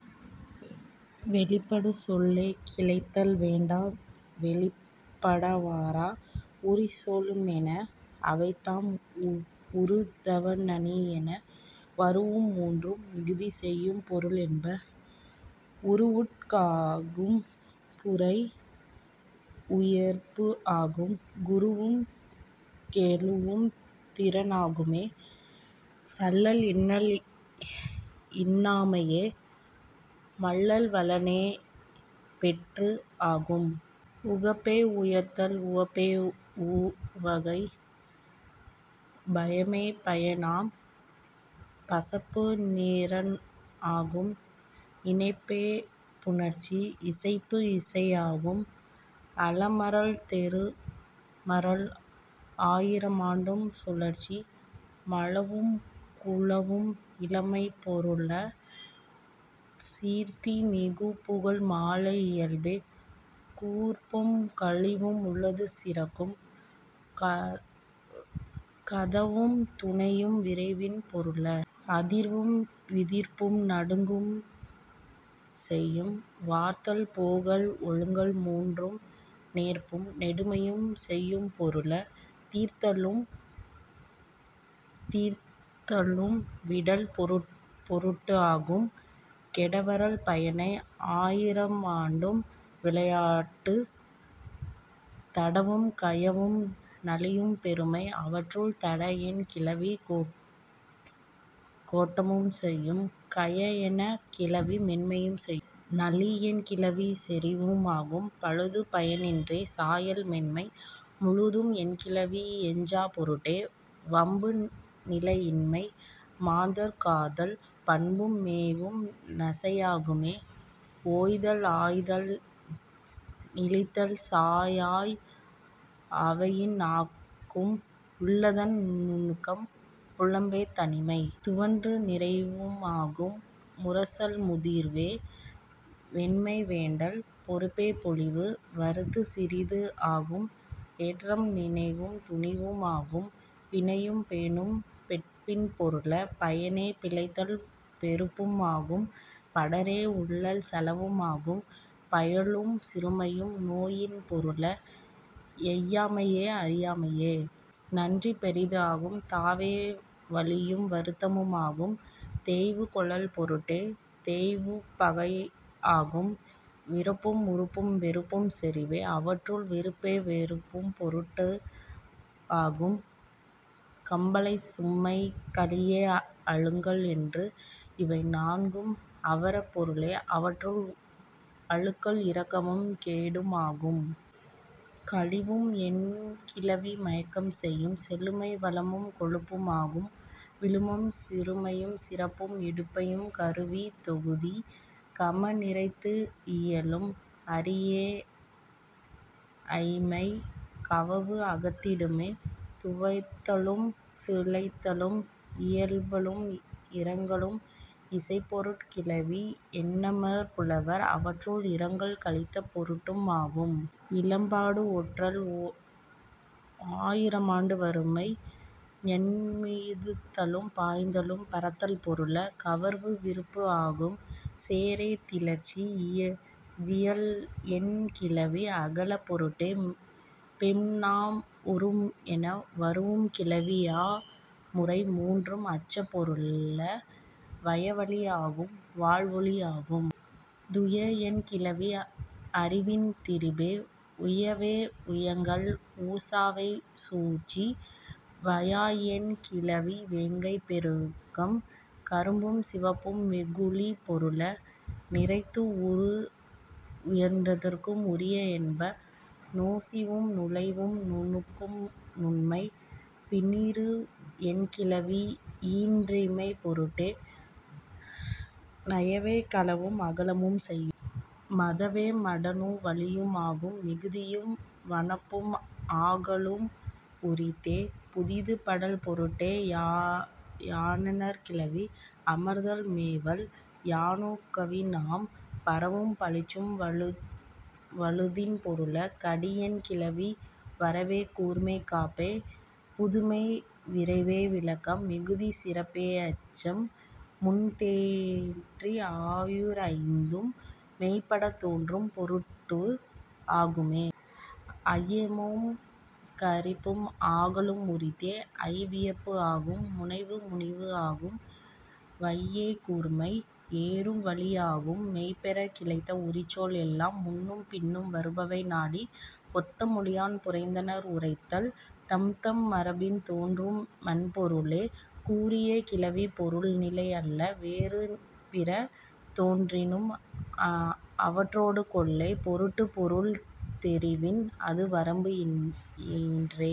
வெளிப்படு சொல்லே கிளத்தல் வேண்டா வெளிப்பட வாரா உரிச்சொல் மேன. அவைதாம், உறு தவ நனி என வரூஉம் மூன்றும் மிகுதி செய்யும் பொருள என்ப. உரு உட்கு ஆகும் புரை உயர்பு ஆகும். குருவும் கெழுவும் நிறன் ஆகும்மே. சல்லல் இன்னல் இன்னாமையே. மல்லல் வளனே பெற்று ஆகும். உகப்பே உயர்தல் உவப்பே உவகை. பயப்மே பயன் ஆம். பசப்பு நிறன் ஆகும். இயைபே புணர்ச்சி. இசைப்பு இசை ஆகும். அலமரல் தெருமரல் ஆயிரண்டும் சுழற்சி. மழவும் குழவும் இளமைப் பொருள. சீர்த்தி மிகு புகழ் மாலை இயல்பே. கூர்ப்பும் கழிவும் உள்ளது சிறக்கும். கதழ்வும் துனைவும் விரைவின் பொருள. அதிர்வும் விதிர்ப்பும் நடுக்கம் செய்யும். வார்தல் போகல் ஒழுகல் மூன்றும் நேர்பும் நெடுமையும் செய்யும் பொருள. தீர்தலும் தீர்த்தலும் விடல் பொருட்டு ஆகும். கெடவரல் பண்ணை ஆயிரண்டும் விளையாட்டு. தடவும் கயவும் நளியும் பெருமை. அவற்றுள், தட என் கிளவி கோட்டமும் செய்யும். கய என் கிளவி மென்மையும் செய்யும். நளி என் கிளவி செறிவும் ஆகும். பழுது பயம் இன்றே. சாயல் மென்மை. முழுது என் கிளவி எஞ்சாப் பொருட்டே. வம்பு நிலை இன்மை. மாதர் காதல். நம்பும் மேவும் நசை ஆகும்மே. ஓய்தல் ஆய்தல் நிழத்தல் சாஅய் ஆவயின் நான்கும் உள்ளதன் நுணுக்கம். புலம்பே தனிமை. துவன்று நிறைவு ஆகும். முரஞ்சல் முதிர்வே. வெம்மை வேண்டல். பொற்பே பொலிவு. வறிது சிறிது ஆகும். எற்றம் நினைவும் துணிவும் ஆகும். பிணையும் பேணும் பெட்பின் பொருள. பணையே பிழைத்தல் பெருப்பும் ஆகும். படரே உள்ளல் செலவும் ஆகும். பையுளும் சிறுமையும் நோயின் பொருள. எய்யாமையே அறியாமையே. நன்று பெரிது ஆகும். தாவே வலியும் வருத்தமும் ஆகும் தெவுக் கொளல் பொருட்டே. தெவ்வுப் பகை ஆகும். விறப்பும் உறப்பும் வெறுப்பும் செறிவே. அவற்றுள், விறப்பே வெரூஉப் பொருட்டும் ஆகும். கம்பலை சும்மை கலியே அழுங்கல் என்று இவை நான்கும் அரவப் பொருள. அவற்றுள், அழுங்கல் இரக்கமும் கேடும் ஆகும். கழும் என் கிளவி மயக்கம் செய்யும். செழுமை வளனும் கொழுப்பும் ஆகும். விழுமம் சீர்மையும் சிறப்பும் இடும்பையும். கருவி தொகுதி. கம நிறைந்து இயலும். அரியே ஐம்மை. கவவு அகத்திடுமே. துவைத்தலும் சிலைத்தலும் இயம்பலும் இரங்கலும் இசைப் பொருட் கிளவி என்மனார் புலவர். அவற்றுள், இரங்கல் கழிந்த பொருட்டும் ஆகும். இலம்பாடு ஒற்கம் ஆயிரண்டும் வறுமை. ஞெமிர்தலும் பாய்தலும் பரத்தல் பொருள. கவர்வு விருப்பு ஆகும். சேரே திரட்சி. வியல் என் கிளவி அகலப் பொருட்டே. பேம் நாம் உரும் என வரூஉம் கிளவி ஆ முறை மூன்றும் அச்சப் பொருள. வய வலி ஆகும். வாள் ஒளி ஆகும். துய என் கிளவி அறிவின் திரிபே. உயாவே உயங்கல். உசாவே சூழ்ச்சி. வயா என் கிளவி வேட்கைப் பெருக்கம். கறுப்பும் சிவப்பும் வெகுளிப் பொருள. நிறத்து உரு உணர்த்தற்கும் உரிய என்ப. நொசிவும் நுழைவும் நுணங்கும் நுண்மை. புனிறு என் கிளவி ஈன்றணிமைப் பொருட்டே. நனவே களனும் அகலமும் செய்யும். மதவே மடனும் வலியும் ஆகும். மிகுதியும் வனப்பும் ஆகலும் உரித்தே. புதிதுபடல் பொருட்டே யாணர்க் கிளவி. அமர்தல் மேவல். யாணுக் கவின் ஆம். பரவும் பழிச்சும் வழுத்தின் பொருள. கடி என் கிளவி வரைவே கூர்மை காப்பே புதுமை விரைவே விளக்கம் மிகுதி சிறப்பே அச்சம் முன்தேற்று ஆயீர் ஐந்தும் மெய்ப்படத் தோன்றும் பொருட்டு ஆகும்மே. ஐயமும் கரிப்பும் ஆகலும் உரித்தே. ஐ வியப்பு ஆகும். முனைவு முனிவு ஆகும். வையே கூர்மை. எறுழ் வலி ஆகும். மெய் பெறக் கிளந்த உரிச்சொல் எல்லாம் முன்னும் பின்னும் வருபவை நாடி ஒத்த மொழியான் புணர்த்தனர் உணர்த்தல் தம்தம் மரபின் தோன்றும்மன் பொருளே. கூறிய கிளவிப் பொருள் நிலை அல்ல வேறு பிற தோன்றினும் அவற்றொடு கொளலே. பொருட்குப் பொருள் தெரியின் அது வரம்பு இன்றே।